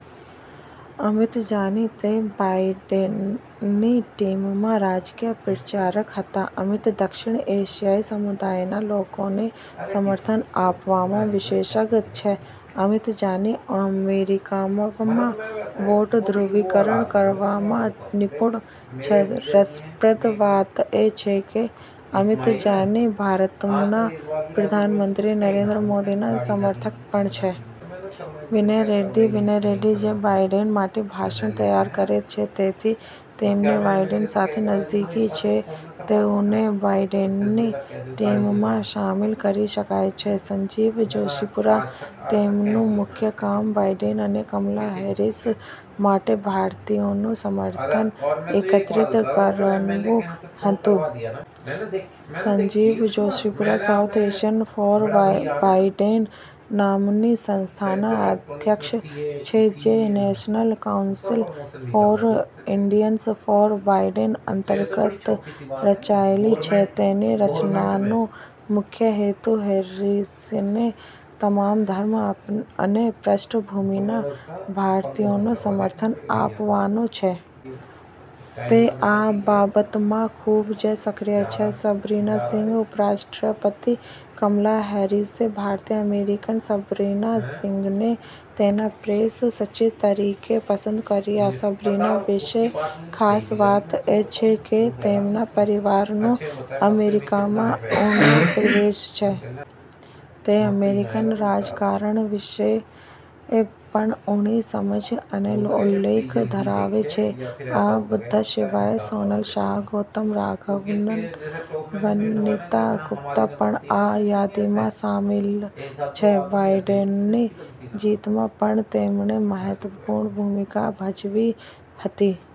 અમિત જાની: તે બિડેનની ટીમમાં રાજકીય પ્રચારક હતો. અમિત દક્ષિણ એશિયન સમુદાયના લોકોને ટેકો આપવામાં નિષ્ણાત છે. અમિત જાની અમેરિકામાં વોટ ધ્રુવીકરણ કરવામાં નિષ્ણાંત છે. રસપ્રદ વાત એ છે કે, અમિત જાની ભારતના વડા પ્રધાન નરેન્દ્ર મોદીના સમર્થક પણ છે. વિનય રેડ્ડી: વિનય રેડ્ડી જે બિડેન માટે ભાષણ તૈયાર કરે છે. તેથી તેમની બીડેન સાથે નિકટતા છે. તેઓને બિડેનની ટીમમાં શામેલ કરી શકાય છે. સંજીવ જોશીપુરા: તેમનું મુખ્ય કામ બિડેન અને કમલા હેરિસ માટે ભારતીયોના સમર્થનને એકત્રિત કરવાનું હતું. Sanjeev Joshipura 'South Asian for Biden' નામના સંસ્થાના પ્રમુખ છે, જે 'National Council for Indians for Biden' હેઠળ રચાયેલ છે. તેની રચનાનો મુખ્ય હેતુ હેરિસને તમામ ધર્મ અને પૃષ્ઠભૂમિના ભારતીયોનો ટેકો આપવાનો છે. તે આ અંગે ખૂબ જ સક્રિય છે. સબરીના સિંઘ: ઉપરાષ્ટ્રપતિ કમલા હેરિસે ભારતીય-અમેરિકન સબરીના સિંઘને તેના પ્રેસ સચિવ તરીકે પસંદ કર્યા. સબરીના વિશેની ખાસ વાત એ છે કે તેના પરિવારનો અમેરિકામાં ઊંડો પ્રવેશ છે. તે અમેરિકન રાજકારણ વિશે પણ ઊંડી સમજ અને ઓળખ ધરાવે છે. આ બધા સિવાય સોનલ શાહ, ગૌતમ રાઘવન, વનિતા ગુપ્તા પણ આ યાદીમાં સામેલ છે. બિડેનની જીતમાં પણ તેમણે મહત્વની ભૂમિકા ભજવી હતી.